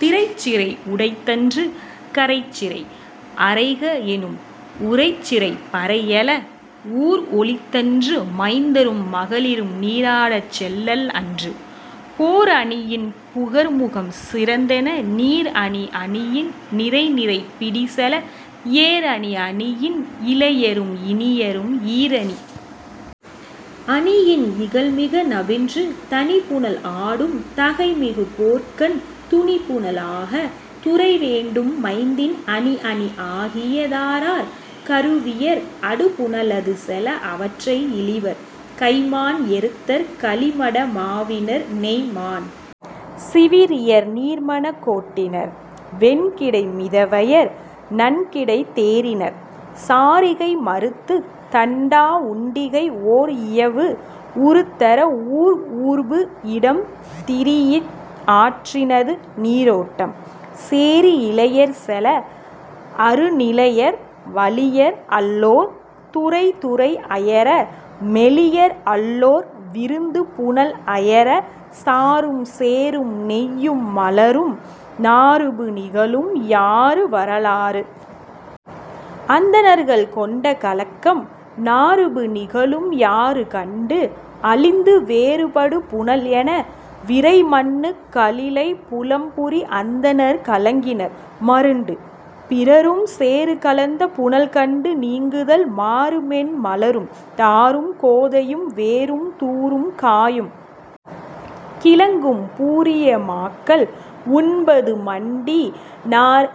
திரைச் சிறை உடைத்தன்று கரைச்சிறை; அறைக எனும் உரைச் சிறைப் பறை எழ, ஊர் ஒலித்தன்று மைந்தரும் மகளிரும் நீராடச் செல்லல் அன்று, போர் அணியின் புகர்முகம் சிறந்தென, நீர் அணி அணியின் நிரைநிரை பிடி செல: ஏர் அணி அணியின் இளையரும் இனியரும்-- ஈரணி அணியின், இகல் மிக நவின்று, தணி புனல் ஆடும் தகை மிகு போர்க்கண் துணி புனல் ஆக, துறை வேண்டும் மைந்தின் அணி அணி ஆகிய தாரர், கருவியர், அடு புனலது செல அவற்றை இழிவர்; கைம்மான் எருத்தர், கலி மட மாவினர், நெய்ம் மாண் சிவிறியர், நீர் மணக் கோட்டினர், வெண் கிடை மிதவையர், நன் கிடைத் தேரினர், சாரிகை மறுத்துத் தண்டா உண்டிகை ஓர் இயவு உறுத்தர ஊர்ஊர்பு இடம் திரீஇச் ஆற்றினது நீரோட்டம் சேரி இளையர் செல அரு நிலையர், வலியர் அல்லோர் துறைதுறை அயர, மெலியர் அல்லோர் விருந்து புனல் அயர, சாறும் சேறும் நெய்யும் மலரும் நாறுபு நிகழும், யாறு வரலாறு. அந்தணர்கள் கொண்ட கலக்கம் நாறுபு நிகழும் யாறு கண்டு, அழிந்து வேறுபடு புனல் என, விரை மண்ணுக் கலிழை, புலம் புரி அந்தணர் கலங்கினர், மருண்டு. பிறரும் சேறு கலந்த புனல் கண்டு நீங்குதல் மாறு மென் மலரும், தாரும் கோதையும், வேரும் தூரும், காயும் கிழங்கும், பூரிய மாக்கள் உண்பது மண்டி நார்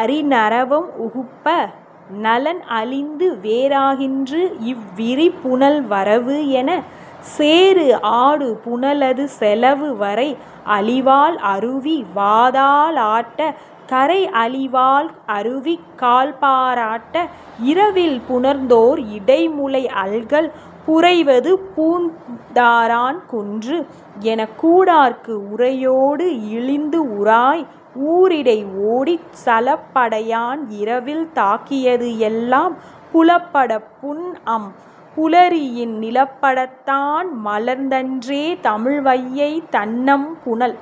அரி நறவம் உகுப்ப 'நலன் அழிந்து, வேறாகின்று இவ் விரி புனல் வரவு' என, சேறு ஆடு புனலது செலவு வரை அழி வால் அருவி வாதாலாட்ட, கரை அழி வால் அருவிக் கால் பாராட்ட, 'இரவில் புணர்ந்தோர் இடைமுலை அல்கல் புரைவது பூந் தாரான் குன்று' எனக் கூடார்க்கு உரையோடு இழிந்து உராய், ஊரிடை ஓடிச், சலப் படையான் இரவில் தாக்கியது எல்லாம் புலப்படப் புன்அம் புலரியின் நிலப்படத் தான் மலர்ந்தன்றே தமிழ் வையைத் தண்ணம் புனல்.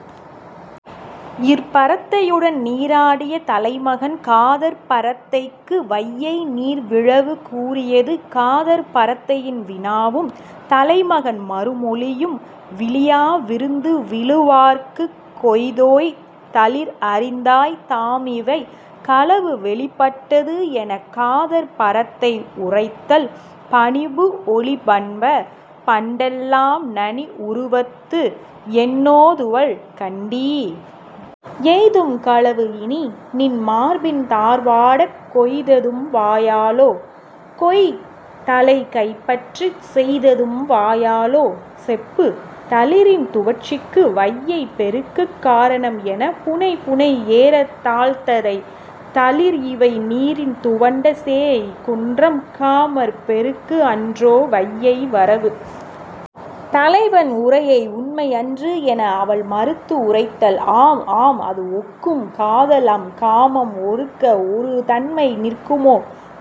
இற்பரத்தையுடன் நீராடிய தலைமகன் காதற்பரத்தைக்கு வையை நீர் விழவு கூறியது காதற்பரத்தையின் வினாவும் தலைமகன் மறுமொழியும் 'விளியா விருந்து விழுவார்க்குக் கொய்தோய், 'தளிர் அறிந்தாய், தாம் இவை. ' களவு வெளிப்பட்டது எனக் காதற்பரத்தை உரைத்தல் 'பணிபு ஒழி பண்ப! --பண்டெல்லாம் நனி உருவத்து; என்னோ துவள் கண்டீ? -- எய்தும் களவு இனி: நின் மார்பின் தார் வாடக் கொய்ததும் வாயாளோ? கொய் தழை கை பற்றிச் செய்ததும் வாயாளோ? செப்பு. ' தளிரின் துவட்சிக்கு வையைப் பெருக்குக் காரணம் என 'புனை புனை ஏறத் தாழ்த்ததை; தளிர் இவை நீரின் துவண்ட; சேஎய் குன்றம்; காமர் பெருக்கு அன்றோ, வையை வரவு? ' தலைவன் உரையை 'உண்மை அன்று' என, அவள் மறுத்து உரைத்தல் 'ஆம் ஆம்; அது ஒக்கும்; காதல்அம் காமம் ஒருக்க ஒருதன்மை நிற்குமோ?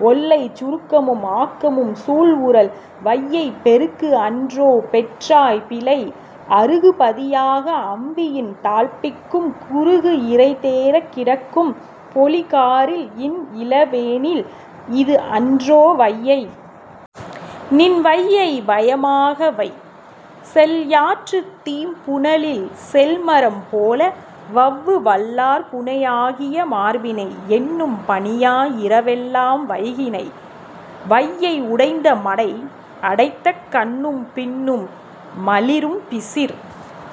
ஒல்லைச் சுருக்கமும் ஆக்கமும் --- சூள் உறல்! --- வையைப் பெருக்கு அன்றோ? பெற்றாய் பிழை. அருகு பதியாக அம்பியின் தாழ்ப்பிக்கும், குருகு இரை தேரக் கிடக்கும்___பொழி காரில், இன் இளவேனில், இது அன்றோ வையை? நின் வையை வயமாக வை. செல் யாற்றுத் தீம் புனலில் செல் மரம் போல, வவ்வு வல்லார் புணை ஆகிய மார்பினை; என்னும் பனியாய் இரவெல்லாம் வைகினை; வையை உடைந்த மடை அடைத்தக்கண்ணும் பின்னும் மலிரும் பிசிர்